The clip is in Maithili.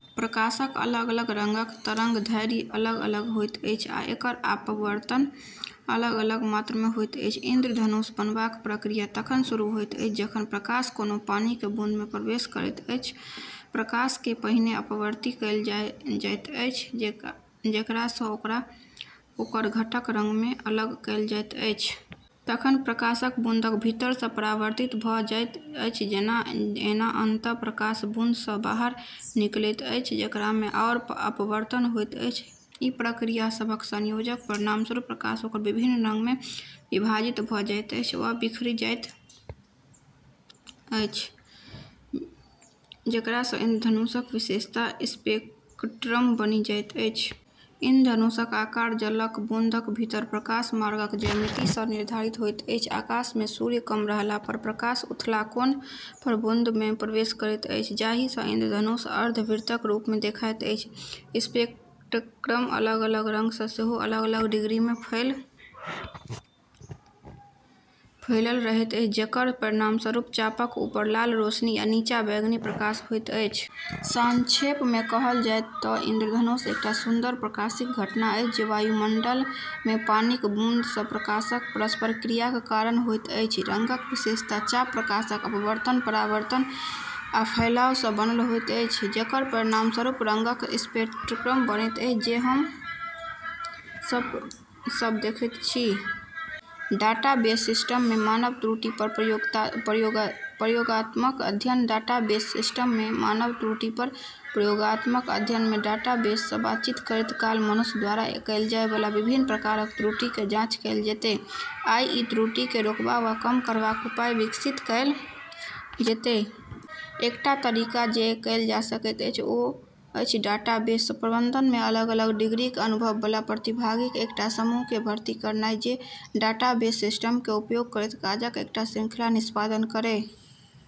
प्रकाशक अलग-अलग रंगक तरंगदैर्ध्य अलग-अलग होइत अछि आ एकर अपवर्तन अलग-अलग मात्रामे होइत अछि। इंद्रधनुष बनबाक प्रक्रिया तखन शुरू होइत अछि जखन प्रकाश कोनो पानिक बूंदमे प्रवेश करैत अछि। प्रकाशकेँ पहिने अपवर्तित कएल जाइत अछि, जेकरा सँ ओकरा ओकर घटक रंगमे अलग कएल जाइत अछि। तखन प्रकाश बूंदक भीतरसँ परावर्तित भ’ जाइत अछि, जेना ऐना। अंततः प्रकाश बूंद सँ बाहर निकलैत अछि, जेकरामे आओर अपवर्तन होइत अछि। ई प्रक्रिया सभक संयोजनक परिणामस्वरूप प्रकाश ओकर विभिन्न रंगमे विभाजित भ’ जाइत अछि, वा बिखरि जाइत अछि, जेकरा सँ इंद्रधनुषक विशेषता स्पेक्ट्रम बनि जाइत अछि। इंद्रधनुषक आकार जलक बूंदक भीतर प्रकाश मार्गक ज्यामितिसँ निर्धारित होइत अछि। आकाशमे सूर्य कम रहला पर प्रकाश उथला कोण पर बूंदमे प्रवेश करैत अछि, जाहि सँ इंद्रधनुष अर्धवृत्तक रूपमे देखाइत अछि। स्पेक्ट्रमक अलग-अलग रंग सेहो अलग-अलग डिग्रीमे फैलल रहैत अछि, जेकर परिणामस्वरूप चापक ऊपर लाल रोशनी आ नीचाँ बैंगनी प्रकाश होइत अछि। संक्षेपमे कहल जाय तँ इंद्रधनुष एकटा सुंदर प्रकाशिक घटना अछि जे वायुमंडलमे पानिक बूंद सँ प्रकाशक परस्पर क्रियाक कारण होइत अछि। रंगक विशेषता चाप प्रकाशक अपवर्तन, परावर्तन आ फैलाव सँ बनल होइत अछि, जेकर परिणामस्वरूप रंगक स्पेक्ट्रम बनैत अछि जे हम सभ देखैत छी। डाटाबेस सिस्टममे मानव त्रुटि पर प्रयोगात्मक अध्ययन। डाटाबेस सिस्टममे मानव त्रुटि पर प्रयोगात्मक अध्ययनमे डाटाबेस सँ बातचीत करैत काल मनुष्य द्वारा कएल जाय बला विभिन्न प्रकारक त्रुटिक जाँच कएल जेतै, आ ई त्रुटिकेँ रोकबा वा कम करबाक उपाय विकसित कएल जेतै। एकटा तरीका जे कएल जा सकैत अछि ओ अछि डाटाबेस प्रबंधनमे अलग-अलग डिग्रीक अनुभव बला प्रतिभागिक एकटा समूहकेँ भर्ती करनाइ जे डाटाबेस सिस्टमक उपयोग करैत काजक एकटा श्रृंखलाक निष्पादन करय।